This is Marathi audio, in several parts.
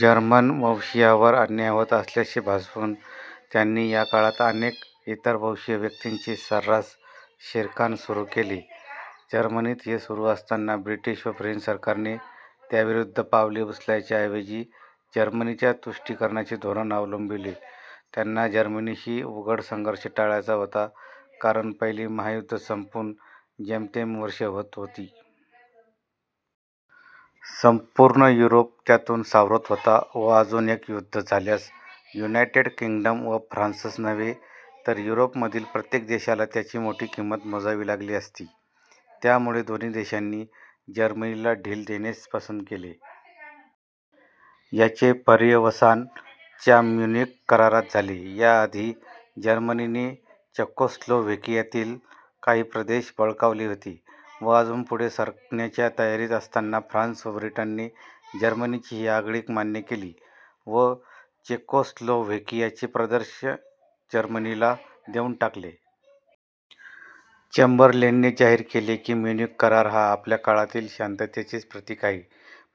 जर्मनवंशीयांवर अन्याय होत असल्याचे भासवून त्यांनी याकाळात अनेक इतरवंशीय व्यक्तींचे सर्रास शिरकाण सुरू केले. जर्मनीत हे सुरू असताना ब्रिटिश व फ्रेंच सरकारने त्याविरुद्ध पावले उचलायच्या ऐवजी जर्मनीच्या तुष्टीकरणाचे धोरण अवलंबिले. त्यांना जर्मनीशी उघड संघर्ष टाळायचा होता कारण पहिले महायुद्ध संपून जेमतेम वर्षे होत होती. संपूर्ण युरोप त्यातून सावरत होता व अजून एक युद्ध झाल्यास युनायटेड किंग्डम व फ्रान्सच नव्हे तर युरोपमधील प्रत्येक देशाला त्याची मोठी किंमत मोजावी लागली असती. त्यामुळे दोन्ही देशांनी जर्मनीला ढील देणेच पसंत केले. याचे पर्यवसान च्या म्युनिक करारात झाले. याआधी जर्मनीने चेकोस्लोव्हेकियातील काही प्रदेश बळकावले होते व अजून पुढे सरकण्याच्या तयारीत असताना फ्रान्स व ब्रिटनने जर्मनीची ही आगळीक मान्य केली व चेकोस्लोव्हेकियाचे प्रदेश जर्मनीला देऊन टाकले. चेम्बरलेनने जाहीर केले की म्युनिक करार हा "आपल्या काळातील शांततेचेच प्रतीक" आहे.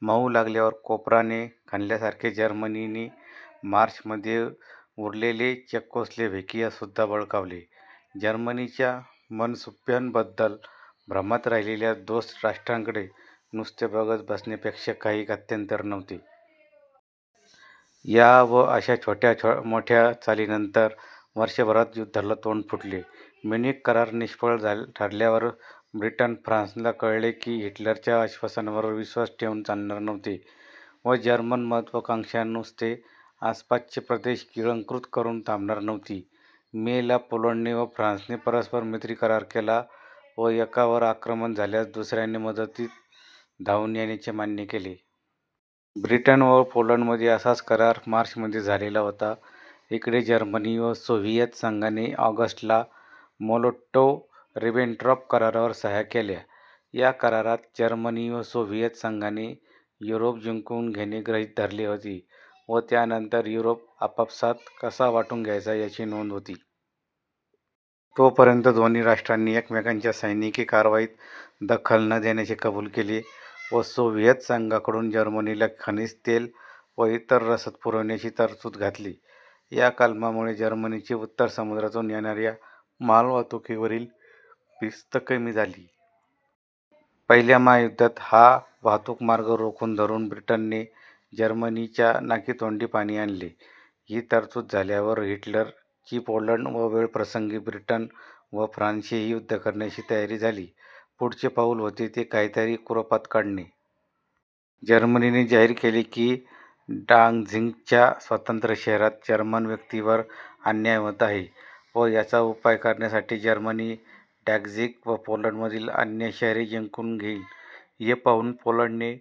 मऊ लागल्यावर कोपराने खणल्यासारखे जर्मनीने मार्च मध्ये उरलेले चेकोस्लोव्हेकियासुद्धा बळकावले. जर्मनीच्या मनसूब्यांबद्दल भ्रमात राहिलेल्या दोस्त राष्ट्रांकडे नुसते बघत बसण्यापेक्षा काही गत्यंतर नव्हते. या व अशा छोट्या-मोठ्या चालींनंतर वर्षभरात युद्धाला तोंड फुटले. म्युनिक करार निष्फळ ठरल्यावर ब्रिटन/फ्रान्ससना कळले की हिटलरच्या आश्वासनांवर विश्वास ठेवून चालणार नव्हते व जर्मन महत्त्वाकांक्षा नुसते आसपासचे प्रदेश गिळंकृत करून थांबणार नव्हती. मे, ला पोलंडने व फ्रान्सने परस्पर-मैत्री करार केला व एकावर आक्रमण झाल्यास दुसऱ्याने मदतील धावून येण्याचे मान्य केले. ब्रिटन व पोलंडमध्ये असाच करार मार्चमध्ये झालेला होता. इकडे जर्मनी व सोव्हिएत संघाने ऑगस्ट, ला मोलोटोव्ह-रिबेनट्रॉप करारावर सह्या केल्या. या करारात जर्मनी व सोव्हिएत संघाने युरोप जिंकून घेणे गृहित धरले होते व त्यानंतर युरोप आपापसात कसा वाटून घ्यायचा याची नोंद होती. तोपर्यंत दोन्ही राष्ट्रांनी एकमेकांच्या सैनिकी कार्रवाईत दखल न देण्याचे कबूल केले व सोव्हिएत संघाकडून जर्मनीला खनिज तेल व इतर रसद पुरवण्याची तरतूद घातली. या कलमामुळे जर्मनीची उत्तर समुद्रातून येणाऱ्या मालवाहतूकीवरील भीस्त कमी झाली. पहिल्या महायुद्धात हा वाहतूकमार्ग रोखून धरून ब्रिटनने जर्मनीच्या नाकीतोंडी पाणी आणले होते. ही तरतूद झाल्यावर हिटलरची पोलंड व वेळप्रसंगी ब्रिटन व फ्रान्सशीही युद्ध करण्याची तयारी झाली. पुढचे पाउल होते ते काहीतरी कुरापत काढणे. जर्मनीने जाहीर केले की डान्झिगच्या स्वतंत्र शहरात जर्मन व्यक्तींवर अन्याय होत आहे व याचा उपाय करण्यासाठी जर्मनी डान्झिग व पोलंडमधील अन्य शहरे जिंकून घेईल. हे पाहून पोलंड ने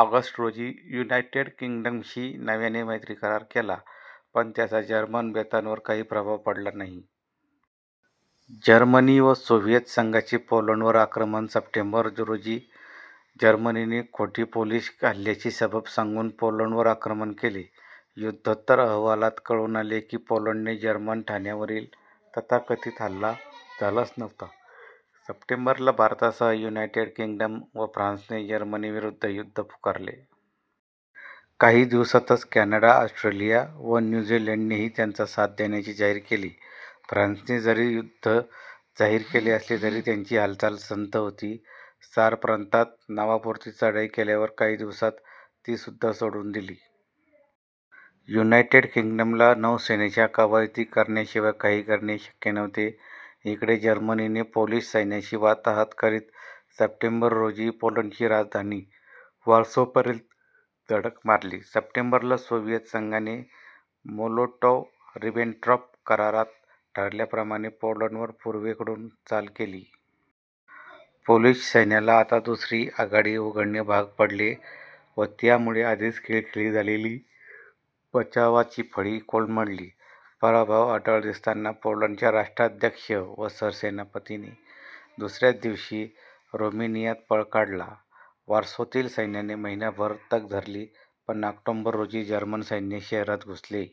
ऑगस्ट रोजी युनायटेड किंग्डमशी नव्याने मैत्री करार केला, पण त्याचा जर्मन बेतांवर काही प्रभाव पडला नाही. जर्मनी व सोव्हिएत संघाचे पोलंडवर आक्रमण सप्टेंबर, रोजी जर्मनीने खोटी पोलिश हल्ल्याची सबब सांगून पोलंडवर आक्रमण केले. युद्धोत्तर अहवालात कळून आले की पोलंडने जर्मन ठाण्यावरील तथाकथित हल्ला झालाच नव्हता. सप्टेंबर ला भारतासह युनायटेड किंग्डम व फ्रान्सने जर्मनीविरुद्ध युद्ध पुकारले. काही दिवसातच कॅनडा, ऑस्ट्रेलिया व न्यू झीलंडनेही त्यांचा साथ देण्याचे जाहीर केले. फ्रान्सने जरी युद्ध जाहीर केले असले तरी त्यांची हालचाल संथ होती. सार प्रांतात नावापुरती चढाई केल्यावर काही दिवसात तीसुद्धा सोडून दिली. युनायटेड किंग्डमला नौसेनेच्या कवायती करण्याशिवाय काही करणे शक्य नव्हते. इकडे जर्मनीने पोलिश सैन्याची वाताहत करीत सप्टेंबर रोजी पोलंडची राजधानी वॉर्सोपर्यंत धडक मारली. सप्टेंबर ला सोव्हिएत संघाने मोलोटॉव्ह-रिबेनट्रॉप करारात ठरवल्याप्रमाणे पोलंडवर पूर्वेकडून चाल केली. पोलिश सैन्याला आता दुसरी आघाडी उघडणे भाग पडले व त्यामुळे आधीच खिळखिळी झालेली बचावाची फळी कोलमडली. पराभव अटळ दिसताना पोलंडच्या राष्ट्राध्यक्ष व सरसेनापतीने दुसऱ्याच दिवशी रोमेनियात पळ काढला. वॉर्सोतील सैन्याने महिनाभर तग धरली पण ऑक्टोबर रोजी जर्मन सैन्य शहरात घुसले.